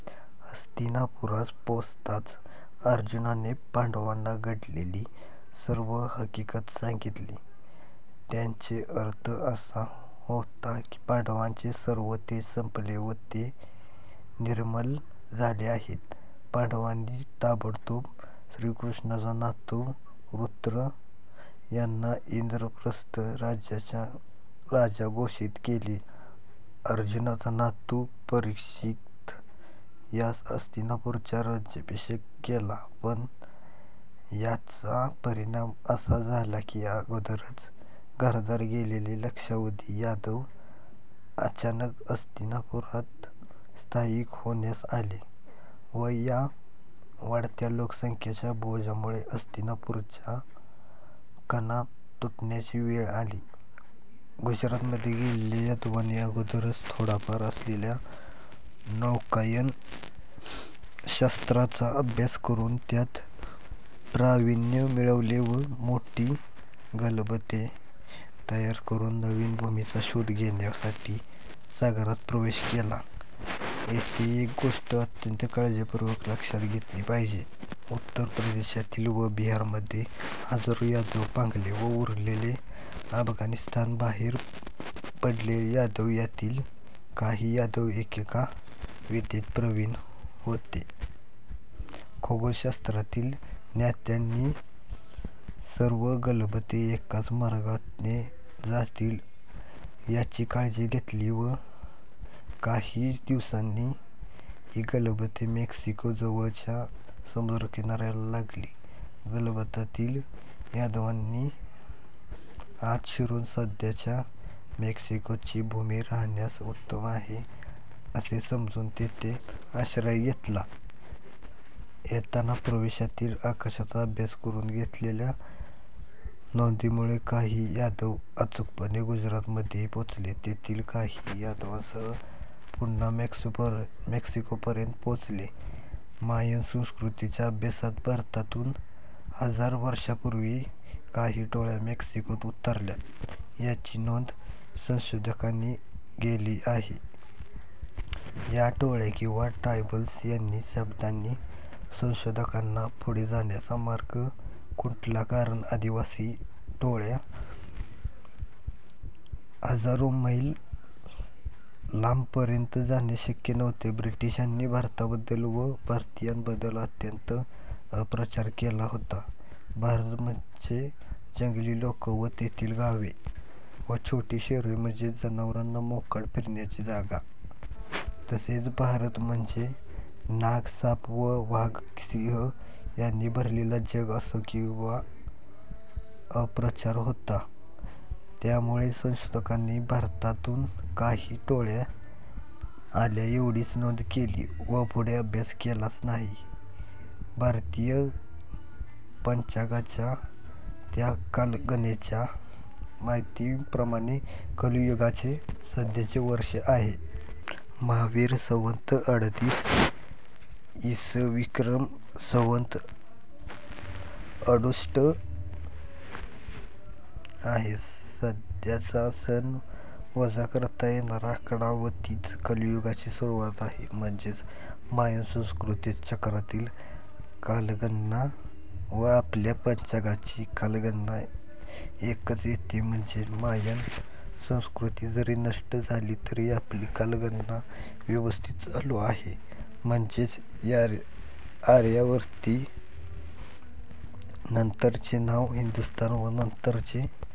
हस्तिनापुरास पोहोचताच अर्जुनाने पांडवांना घडलेली सर्व हकीकत सांगितली. त्याचा अर्थ असा होता पांडवांचे सर्व तेज संपले व ते निर्मल झाले आहेत. पांडवांनी ताबडतोब श्रीकृष्णाचा नातू वृत्र याला इंद्रप्रस्थ राज्याचा राजा घोषित केले व अर्जुनाचा नातू परीक्षित यास हस्तिनापूरचा राज्याभिषेक केला पण याचा परिणाम असा झाला की अगोदरच घरदार गेलेले लक्षावधी यादव अचानक हस्तिनापुरात स्थायिक होण्यास आले व या वाढत्या लोकसंख्येच्या बोजामुळे हस्तिनापूरचा कणा तुटण्याची वेळ आली. गुजरातमध्ये गेलेल्या यादवांनी तेथे अगोदरच थोड्याफार असलेल्या नौकानयन शास्त्राचा अभ्यास करून त्यात प्रावीण्य मिळविले व मोठी गलबते तयार करून नवीन भूमीचा शोध घेण्यासाठी सागरात प्रवेश केला. येथे एक गोष्ट अत्यंत काळजीपूर्वक लक्षात घेतली पाहिजे की उत्तर प्रदेशातील व बिहारमध्ये हजारो यादव पांगले व उरलेले अफगाणिस्तान मार्गे बाहेर पडलेले यादव यातील काही यादव एकेका विद्येत प्रवीण होते. खगोलशास्त्रातील ज्ञात्यांनी सर्व गलबते एकाच मार्गाने जातील याची काळजी घेतली व काही दिवसांनी ही गलबते मेक्सिको जवळच्या समुद्रकिनाऱ्याला लागली. गलबतातील यादवांनी आत शिरून सध्याच्या मेक्सिकोची भूमी राहण्यास उत्तम आहे असे समजून तेथे आश्रय घेतला. येताना प्रवासातील आकाशाचा अभ्यास करून घेतलेल्या नोंदीमुळे काही यादव अचूकपणे गुजरातमध्येही पोहोचले. तेथील काही यादवांसह पुन्हा मॅक्सिकोपर्यंत पोहोचले. मायन संस्कृतीच्या अभ्यासात भारतातून हजार वर्षांपूर्वी काही टोळ्या मेक्सिकोत उतरल्या याची नोंद संशोधकांनी केली आहे. या टोळ्या किंवा ट्रायबल्स या शब्दांनी संशोधकांना पुढे जाण्याचा मार्ग खुंटला कारण आदिवासी टोळ्या हजारो मैल लांबपर्यंत जाणेच शक्य नव्हते. ब्रिटिशांनी भारताबद्दल व भारतीयांबद्दल अत्यंत अपप्रचार केलेला होता. भारत म्हणजे जंगली लोक व तेथील गावे व छोटी शहरे म्हणजे जनावरांना मोकाट फिरण्याची जागा. तसेच भारत म्हणजे नाग, साप व वाघ, सिंह यांनी भरलेले जग असा तो अपप्रचार होता. त्यामुळे संशोधकांनी भारतातून काही टोळ्या आल्या एवढीच नोंद केली व पुढे अभ्यास केलाच नाही. भारतीय पंचांगाच्या त्या कालगणनेच्या माहितीप्रमाणे कलियुगाचे सध्याचे वर्ष आहे. महावीर संवत अडतीस इ. स. विक्रम संवत अडुसष्ट आहेत. सध्याचा सन वजा करता येणारा आकडा आहे व तीच कलियुगाची सुरुवात आहे. म्हणजेच मायन संस्कृतीच्या चक्रातील कालगणना व आपल्या पंचांगाची कालगणना एकच येते. म्हणजेच मायन संस्कृती जरी नष्ट झाली तरीही आपली कालगणना व्यवस्थित चालू आहे. म्हणजेच आर्यावती नंतरचे नाव हिंदुस्तान व नंतरचे